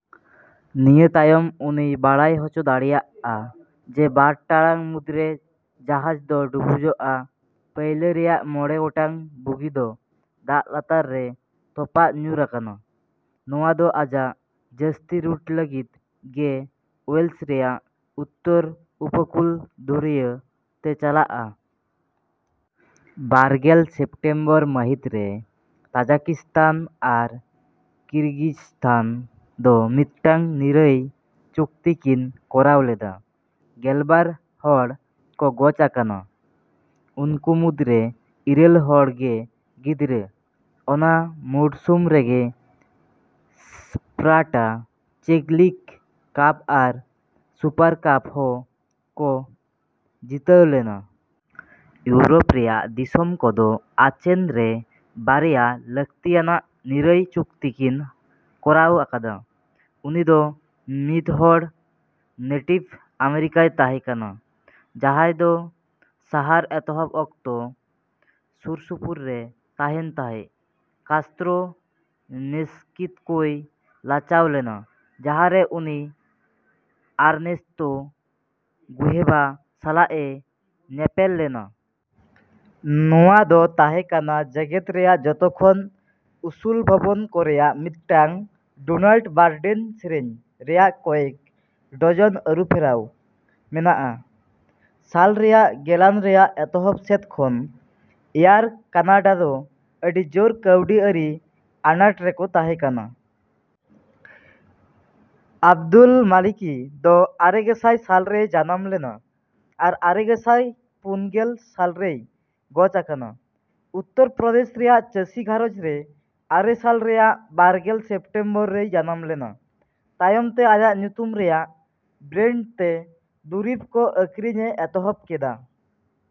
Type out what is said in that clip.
‎ᱱᱤᱭᱟᱹ ᱛᱟᱭᱚᱢ ᱩᱱᱤᱭ ᱵᱟᱲᱟᱭ ᱦᱚᱪᱚ ᱫᱟᱲᱮᱭᱟᱜᱼᱟ, ᱡᱮ ᱵᱟᱨ ᱴᱟᱲᱟᱝ ᱢᱩᱫᱨᱮ ᱡᱟᱦᱟᱡ ᱫᱚ ᱰᱩᱵᱩᱡᱚᱜᱼᱟ᱾ ᱯᱳᱭᱞᱳ ᱨᱮᱭᱟᱜ ᱢᱚᱬᱮ ᱜᱚᱴᱟᱝ ᱵᱩᱜᱤ ᱫᱚ ᱫᱟᱜ ᱞᱟᱛᱟᱨ ᱨᱮ ᱛᱚᱯᱟᱜ ᱧᱩᱨ ᱟᱠᱟᱱᱟ᱾ ᱱᱚᱶᱟ ᱫᱚ ᱟᱡᱟᱜ ᱡᱟᱹᱥᱛᱤ ᱨᱩᱴ ᱞᱟᱹᱜᱤᱫ ᱜᱮ ᱳᱭᱮᱞᱥ ᱨᱮᱭᱟᱜ ᱩᱛᱛᱚᱨ ᱩᱯᱚᱠᱩᱞ ᱫᱷᱩᱨᱭᱟᱹ ᱛᱮ ᱪᱟᱞᱟᱜᱼᱟ᱾ ᱵᱟᱨᱜᱮᱞ ᱥᱮᱯᱴᱮᱢᱵᱚᱨ ᱢᱟᱹᱦᱤᱛᱨᱮ, ᱛᱟᱡᱟᱠᱤᱥᱛᱟᱱ ᱟᱨ ᱠᱤᱨᱜᱤᱡᱥᱛᱟᱱ ᱫᱚ ᱢᱤᱫᱴᱟᱝ ᱱᱤᱨᱟᱹᱭ ᱪᱩᱠᱛᱤ ᱠᱤᱱ ᱠᱚᱨᱟᱣ ᱞᱮᱫᱟ᱾ ᱜᱮᱞᱵᱟᱨ ᱦᱚᱲ ᱠᱚ ᱜᱚᱡ ᱟᱠᱟᱱᱟ, ᱩᱱᱠᱩ ᱢᱩᱫᱨᱮ ᱤᱨᱟᱹᱞ ᱦᱚᱲ ᱜᱮ ᱜᱤᱫᱽᱨᱟᱹ᱾ ᱚᱱᱟ ᱢᱩᱲᱥᱩᱢ ᱨᱮᱜᱮ ᱥᱯᱟᱨᱴᱟ ᱪᱮᱠ ᱞᱤᱜ ᱠᱟᱯ ᱟᱨ ᱥᱩᱯᱟᱨ ᱠᱟᱯ ᱦᱚᱸᱠᱚ ᱡᱤᱛᱟᱹᱣ ᱞᱮᱱᱟ᱾ ᱤᱭᱩᱨᱳᱯ ᱨᱮᱭᱟᱜ ᱫᱤᱥᱚᱢ ᱠᱚᱫᱚ ᱟᱪᱮᱱ ᱨᱮ ᱵᱟᱨᱭᱟ ᱞᱟᱹᱠᱛᱤᱭᱟᱱᱟᱜ ᱱᱤᱨᱟᱹᱭ ᱪᱩᱠᱛᱤ ᱠᱤᱱ ᱠᱚᱨᱟᱣ ᱟᱠᱟᱫᱟ᱾ ᱩᱱᱤᱫᱚ ᱢᱤᱫᱦᱚᱲ ᱱᱮᱴᱤᱵᱷ ᱟᱢᱮᱨᱤᱠᱟᱭ ᱛᱟᱦᱮᱸ ᱠᱟᱱᱟ ᱡᱟᱸᱦᱟᱭ ᱫᱚ ᱥᱟᱦᱟᱨ ᱮᱛᱚᱦᱚᱵ ᱚᱠᱛᱚ ᱥᱩᱨᱥᱩᱯᱩᱨᱮ ᱛᱟᱦᱮᱱ ᱛᱟᱦᱮᱸ᱾ ᱠᱟᱥᱛᱨᱳ ᱢᱮᱥᱠᱤᱠᱳᱭ ᱞᱟᱪᱟᱣ ᱞᱮᱱᱟ, ᱡᱟᱸᱦᱟᱨᱮ ᱩᱱᱤ ᱟᱨᱱᱮᱥᱛᱳ ᱜᱩᱦᱮᱵᱷᱟ ᱥᱟᱞᱟᱜ ᱮ ᱧᱮᱯᱮᱞ ᱞᱮᱱᱟ᱾ ᱱᱚᱶᱟ ᱫᱚ ᱛᱟᱦᱮᱸ ᱠᱟᱱᱟ ᱡᱮᱜᱮᱫ ᱨᱮᱭᱟᱜ ᱡᱚᱛᱚᱠᱷᱚᱱ ᱩᱥᱩᱞ ᱵᱷᱚᱵᱚᱱ ᱠᱚ ᱨᱮᱭᱟᱜ ᱢᱤᱫᱴᱟᱝ᱾ ᱰᱳᱱᱟᱞᱰ ᱵᱟᱨᱰᱮᱱ ᱥᱮᱹᱨᱮᱹᱧ ᱨᱮᱭᱟᱜ ᱠᱚᱭᱮᱠ ᱰᱚᱡᱚᱱ ᱟᱹᱨᱩᱯᱷᱮᱨᱟᱣ ᱢᱮᱱᱟᱜᱼᱟ᱾ ᱥᱟᱞ ᱨᱮᱭᱟᱜ ᱜᱮᱞᱟᱱ ᱨᱮᱭᱟᱜ ᱮᱛᱚᱦᱚᱵ ᱥᱮᱫ ᱠᱷᱚᱱ ᱮᱭᱟᱨ ᱠᱟᱱᱟᱰᱟ ᱫᱚ ᱟᱹᱰᱤ ᱡᱳᱨ ᱠᱟᱹᱣᱰᱤ ᱟᱹᱨᱤ ᱟᱱᱟᱴ ᱨᱮᱠᱚ ᱛᱟᱦᱮᱸ ᱠᱟᱱᱟ᱾ ᱟᱵᱫᱩᱞ ᱢᱟᱞᱤᱠᱤ ᱫᱚ ᱟᱨᱮᱜᱮᱥᱟᱭ ᱥᱟᱞ ᱨᱮᱭ ᱡᱟᱱᱟᱢ ᱞᱮᱱᱟ ᱟᱨ ᱟᱨᱮᱜᱮᱥᱟᱭ ᱯᱩᱱᱜᱮᱞ ᱥᱟᱞ ᱨᱮᱭ ᱜᱚᱡ ᱟᱠᱟᱱᱟ᱾ ᱩᱛᱛᱚᱨ ᱯᱨᱚᱫᱮᱥ ᱨᱮᱭᱟᱜ ᱪᱟᱹᱥᱤ ᱜᱷᱟᱸᱨᱚᱡᱽ ᱨᱮ ᱟᱨᱮ ᱥᱟᱞ ᱨᱮᱭᱟᱜ ᱵᱟᱨᱜᱮᱞ ᱥᱮᱯᱴᱮᱢᱵᱚᱨ ᱨᱮᱭ ᱡᱟᱱᱟᱢ ᱞᱮᱱᱟ᱾ ᱛᱟᱭᱚᱢ ᱛᱮ ᱟᱡᱟᱜ ᱧᱩᱛᱩᱢ ᱨᱮᱭᱟᱜ ᱵᱨᱮᱹᱱᱰ ᱛᱮ ᱫᱩᱨᱤᱵ ᱠᱚ ᱟᱹᱠᱷᱨᱤᱧ ᱮ ᱮᱛᱚᱦᱚᱵ ᱠᱮᱫᱟ᱾